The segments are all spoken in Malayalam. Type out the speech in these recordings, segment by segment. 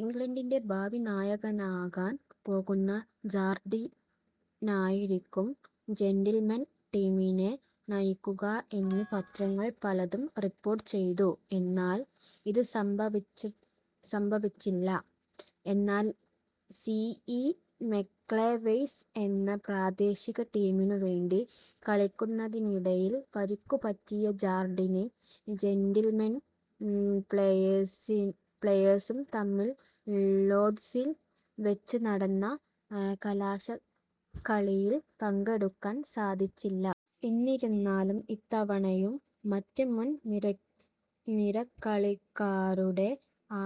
ഇംഗ്ലണ്ടിൻ്റെ ഭാവി നായകാനാകാൻ പോകുന്ന ജാർഡിനായിരിക്കും ജെൻ്റിൽമെൻ ടീമിനെ നയിക്കുക എന്ന് പത്രങ്ങൾ പലതും റീപ്പോർട്ട് ചെയ്തു എന്നാൽ അത് സംഭവിച്ചില്ല. എന്നാൽ സി. ഇ. മക്ലെവെഴ്സ് എന്ന പ്രാദേശിക ടീമിനു വേണ്ടി കളിയ്ക്കുന്നതിനിടയിൽ പരിക്കു പറ്റിയ ജാർഡിന് ജെൻ്റിൽമെനും പ്ലെയേഴ്സും തമ്മിൽ ലോഡ്സിൽ വച്ച് നടന്ന കലാശക്കളിയിൽ പങ്കെടുക്കാൻ സാധിച്ചില്ല. എന്നിരുന്നാലും ഇത്തവണയും മറ്റ് മുൻ നിരക്കളിക്കാരുടെ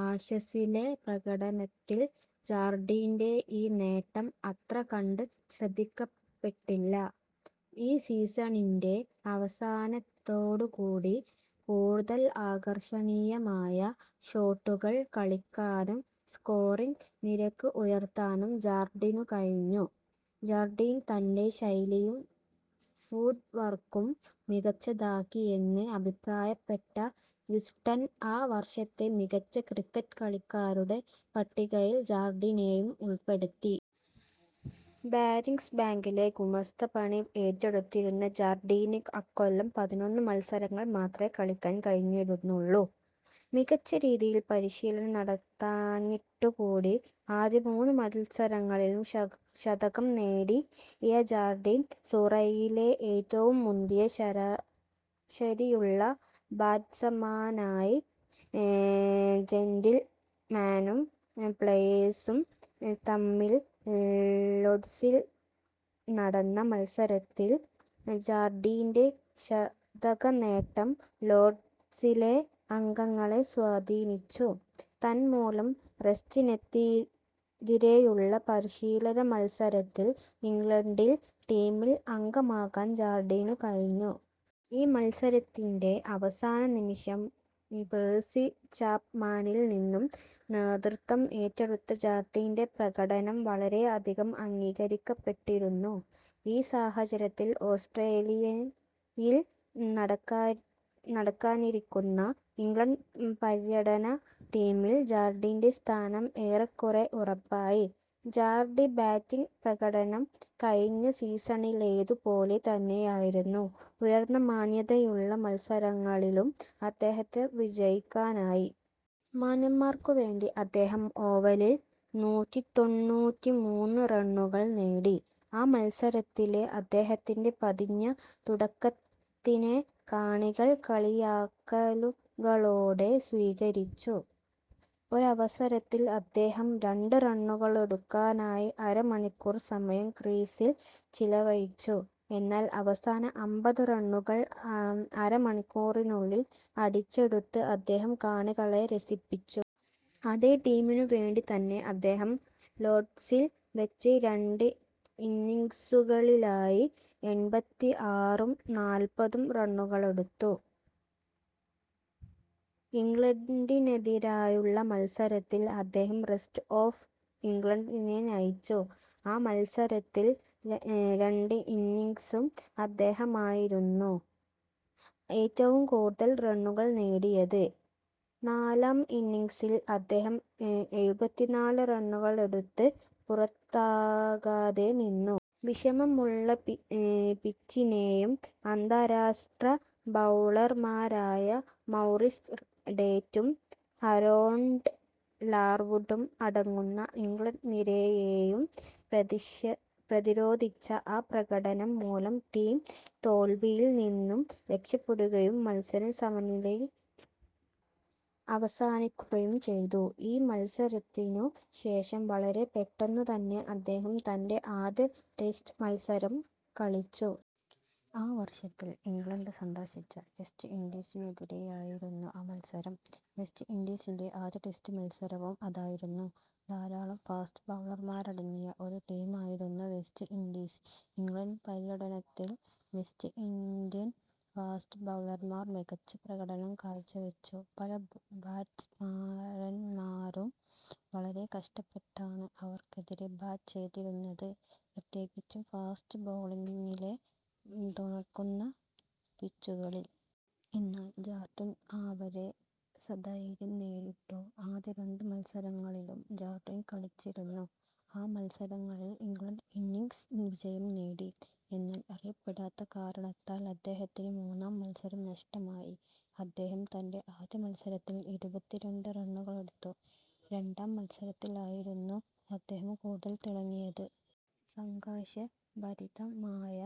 ആഷസിലെ പ്രകടനത്തിൽ ജാർഡീൻ്റെ ഈ നേട്ടം അത്ര കണ്ട് ശ്രദ്ധിക്കപ്പെട്ടില്ല. ഈ സീസണിൻ്റെ അവസാനത്തോടുകൂടി കൂടുതൽ ആകർഷണീയമായ ഷോട്ടുകൾ കളിക്കാനും സ്കോറിംഗ് നിരക്ക് ഉയർത്താനും ജാർഡീനു കഴിഞ്ഞു. ജാർഡീൻ തൻ്റെ ശൈലിയും ഫൂട്ട് വർക്കും മികച്ചതാക്കിയെന്ന് അഭിപ്രായപ്പെട്ട വിസ്ഡൺ ആ വർഷത്തെ മികച്ച ക്രിക്കറ്റ് കളിക്കാരുടെ പട്ടികയിൽ ജാർഡീനെയും ഉൾപ്പെടുത്തി. ബാരിംഗ്സ് ബാങ്കിലെ ഗുമസ്ത പണി ഏറ്റെടുത്തിരുന്ന ജാർഡീന് അക്കൊല്ലം പതിനൊന്ന് മത്സരങ്ങൾ മാത്രമേ കളിയ്ക്കാൻ കഴിഞ്ഞിരുന്നുള്ളു. മികച്ച രീതിയിൽ പരീശീലനം നടത്താഞ്ഞിട്ടുകൂടി ആദ്യ മൂന്ന് മത്സരങ്ങളിലും ശതകം നേടിയ ജാർഡീൻ സുറൈയിലെ ഏറ്റവും മുന്തിയ ശരാശരിയുള്ള ബാറ്റ്സമാനായി. ജെൻ്റിൽമാനും പ്ലെയേഴ്സും തമ്മിൽ ലൊഡ്സിൽ നടന്ന മത്സരത്തിൽ ജാർഡീൻ്റെ ശതകനേട്ടം ലോർഡ്സിലെ അംഗങ്ങളെ സ്വാധീനിച്ചു, തന്മൂലം റെസ്റ്റിനെതിരെയുള്ള പരിശീലന മത്സരത്തിൽ ഇംഗ്ലണ്ടിൽ ടീമിൽ അംഗമാകാൻ ജാർഡീനു കഴിഞ്ഞു. ഈ മത്സരത്തിൻ്റെ അവസാന നിമിഷം പേഴ്സി ചാപ്മാനിൽ നിന്നും നേതൃത്തം ഏറ്റെടുത്ത ജാർഡീൻ്റെ പ്രകടനം വളരെ അധികം അംഗീകരിക്കപ്പെട്ടിരുന്നു. ഈ സാഹചര്യത്തിൽ ഓസ്ട്രേലിയയിൽ നടക്കാനിരിക്കുന്ന ഇംഗ്ലണ്ട് പര്യടന ടീമിൽ ജാർഡീൻ്റെ സ്ഥാനം ഏറെക്കുറെ ഉറപ്പായി. ജാർഡി ബാറ്റിംഗ് പ്രകടനം കഴിഞ്ഞ സീസണിലേതു പോലെ തന്നെയായിരുന്നു. ഉയർന്ന മാന്യതയുള്ള മത്സരങ്ങളിലും അദ്ദേഹത്തിന് വിജയിക്കാനായി. മാന്യന്മാർക്കു വേണ്ടി അദ്ദേഹം ഓവലിൽ നൂറ്റിതൊണ്ണൂറ്റിമൂന്ന് റണ്ണുകൾ നേടി. ആ മത്സരത്തിലെ അദ്ദേഹത്തിൻ്റെ പതിഞ്ഞ തുടക്കത്തിനെ കാണികൾ കളിയാക്കലുകളോടെ സ്വീകരിച്ചു. ഒരവസരത്തിൽ അദ്ദേഹം രണ്ട് റണ്ണുകളെടുക്കാനായി അര മണിക്കൂർ സമയം ക്രീസിൽ ചിലവഴിച്ചു. എന്നാൽ അവസാന അമ്പത് റണ്ണുകൾ അര മണിക്കൂറിനുള്ളിൽ അടിച്ചെടുത്ത് അദ്ദേഹം കാണികളെ രസിപ്പിച്ചു. അതേ ടീമിനു വേണ്ടിത്തന്നെ അദ്ദേഹം ലോർഡ്സിൽ വെച്ച് രണ്ടിന്നിംഗ്സുകളിലായി എൺപത്തിആറും നാല്പതും റണ്ണുകളെടുത്തു. ഇംഗ്ലണ്ടിനെതിരായുള്ള മത്സരത്തിൽ അദ്ദേഹം റെസ്റ്റ് ഓഫ് ഇംഗ്ലണ്ട് നെ നയിച്ചു. ആ മത്സരത്തിൽ രണ്ടിന്നിംഗ്സിലും അദ്ദേഹമായിരുന്നു ഏറ്റവും കൂടുതൽ റണ്ണുകൾ നേടിയത്. നാലാം ഇന്നിംഗ്സിൽ അദ്ദേഹം എഴുപത്തിനാല് റണ്ണുകളെടുത്ത് പുറത്താകാതെ നിന്നു. വിഷമമുള്ള പിച്ചിനേയും അന്താരാഷ്ട്ര ബൗളർമാരായ മൗറിസ് ടേറ്റും ഹാരോൾഡ് ലാർവുഡും അടങ്ങുന്ന ഇംഗ്ലണ്ട് നിരയേയും പ്രതിരോധിച്ച ആ പ്രകടനം മൂലം ടീം തോൽവിയിൽ നിന്ന് രക്ഷപ്പെടുകയും മത്സരം സമനിലയിൽ അവസാനിക്കുകയും ചെയ്തു. ഈ മത്സരത്തിനു ശേഷം, വളരെ പെട്ടെന്നു തന്നെ അദ്ദേഹം തൻ്റെ ആദ്യ ടെസ്റ്റ് മത്സരം കളിച്ചു. ആ വർഷത്തിൽ ഇംഗ്ലണ്ട് സന്ദർശിച്ച വെസ്റ്റ് ഇൻഡീസിനെതിരെയായിരുന്നു ആ മത്സരം. വെസ്റ്റ് ഇൻഡീസിൻ്റെ ആദ്യ ടെസ്റ്റ് മത്സരവും അതായിരുന്നു. ധാരാളം ഫാസ്റ്റ് ബൗളർമാരടങ്ങിയ ഒരു ടീമായിരുന്നു വെസ്റ്റ് ഇൻഡീസ്. ഇംഗ്ലണ്ട് പര്യടനത്തിൽ വെസ്റ്റ് ഇൻഡ്യൻ ഫാസ്റ്റ് ബൗളർമാർ മികച്ച പ്രകടനം കാഴ്ചവെച്ചു. പല ബാറ്റ്സ്മാന്മാരും വളരെ കഷ്ടപ്പെട്ടാണ് അവർക്കെതിരെ ബാറ്റ് ചെയ്തിരുന്നത്, പ്രത്യേകിച്ചും ഫാസ്റ്റ് ബൗളിംഗിനെ തുണക്കുന്ന പിച്ചുകളിൽ. എന്നാൽ ജാർഡിൻ അവരെ സധൈര്യം നേരിട്ടു. ആദ്യ രണ്ട് മത്സരങ്ങളിലും ജാർഡിൻ കളിച്ചിരുന്നു. ആ മത്സരങ്ങളിൽ ഇംഗ്ലണ്ട് ഇന്നിംഗ്സ് വിജയം നേടി. എന്നാൽ അറിയപ്പെടാത്ത കാരണത്താൽ അദ്ദേഹത്തിന് മൂന്നാം മത്സരം നഷ്ടമായി. അദ്ദേഹം തൻ്റെ ആദ്യ മത്സരത്തിൽ ഇരുപത്തിരണ്ട് റണ്ണുകളെടുത്തു. രണ്ടാം മത്സരത്തിലായിരുന്നു അദ്ദേഹം കൂടുതൽ തിളങ്ങിയത്. സംഘർഷഭരിതമായ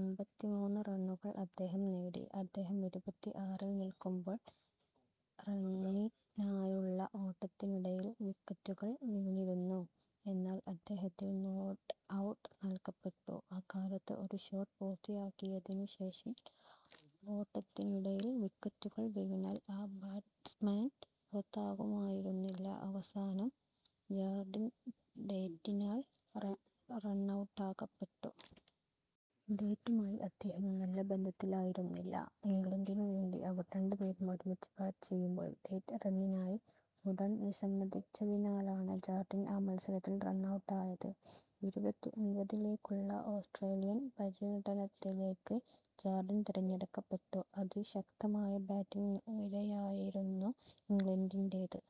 എൺപത്തിമൂന്ന് റണ്ണുകൾ അദ്ദേഹം നേടി. അദ്ദേഹം ഇരുപത്തിആറിൽ നിൽക്കുമ്പോൾ റണ്ണിനായുള്ള ഓട്ടത്തിനിടയിൽ വിക്കറ്റുകൾ വീണിരുന്നു. എന്നാൽ അദ്ദേഹത്തിന് നോട്ട് ഔട്ട് നൽകപ്പെട്ടു. ആ കാലത്ത്, ഒരു ഷോട്ട് പൂർത്തിയാക്കിയതിനു ശേഷം ഓട്ടത്തിനിടയിൽ വിക്കറ്റുകൾ വീണാൽ ആ ബാറ്റ്സ്മാൻ പുറത്താകുമായിരുന്നില്ല. അവസാനം ജാർഡിൻ, ടേറ്റിനാൽ റണ്ണൗട്ടാകപ്പെട്ടു. ടേറ്റുമായി അദ്ദേഹം നല്ല ബന്ധത്തിലായിരുന്നില്ല. ഇംഗ്ലണ്ടിനു വേണ്ടി അവർ രണ്ടുപേരും ഒരുമിച്ച് ബാറ്റ് ചെയ്യുമ്പോൾ, ടേറ്റ് റണ്ണിനായി ഓടാൻ വിസ്സമ്മതിച്ചതിനാലാണ് ജാർഡിൻ ആ മത്സരത്തിൽ റണ്ണൗട്ടായത്. ഇരുപത്തിഒൻപതിലേക്കുള്ള ഓസ്ട്രേലിയൻ പര്യടനത്തിലേക്ക് ജാർഡിൻ തിരഞ്ഞെടുക്കപ്പെട്ടു. അതിശക്തമായ ബാറ്റിംഗ് നിരയായിരുന്നു ഇംഗ്ലണ്ടിൻ്റേത്.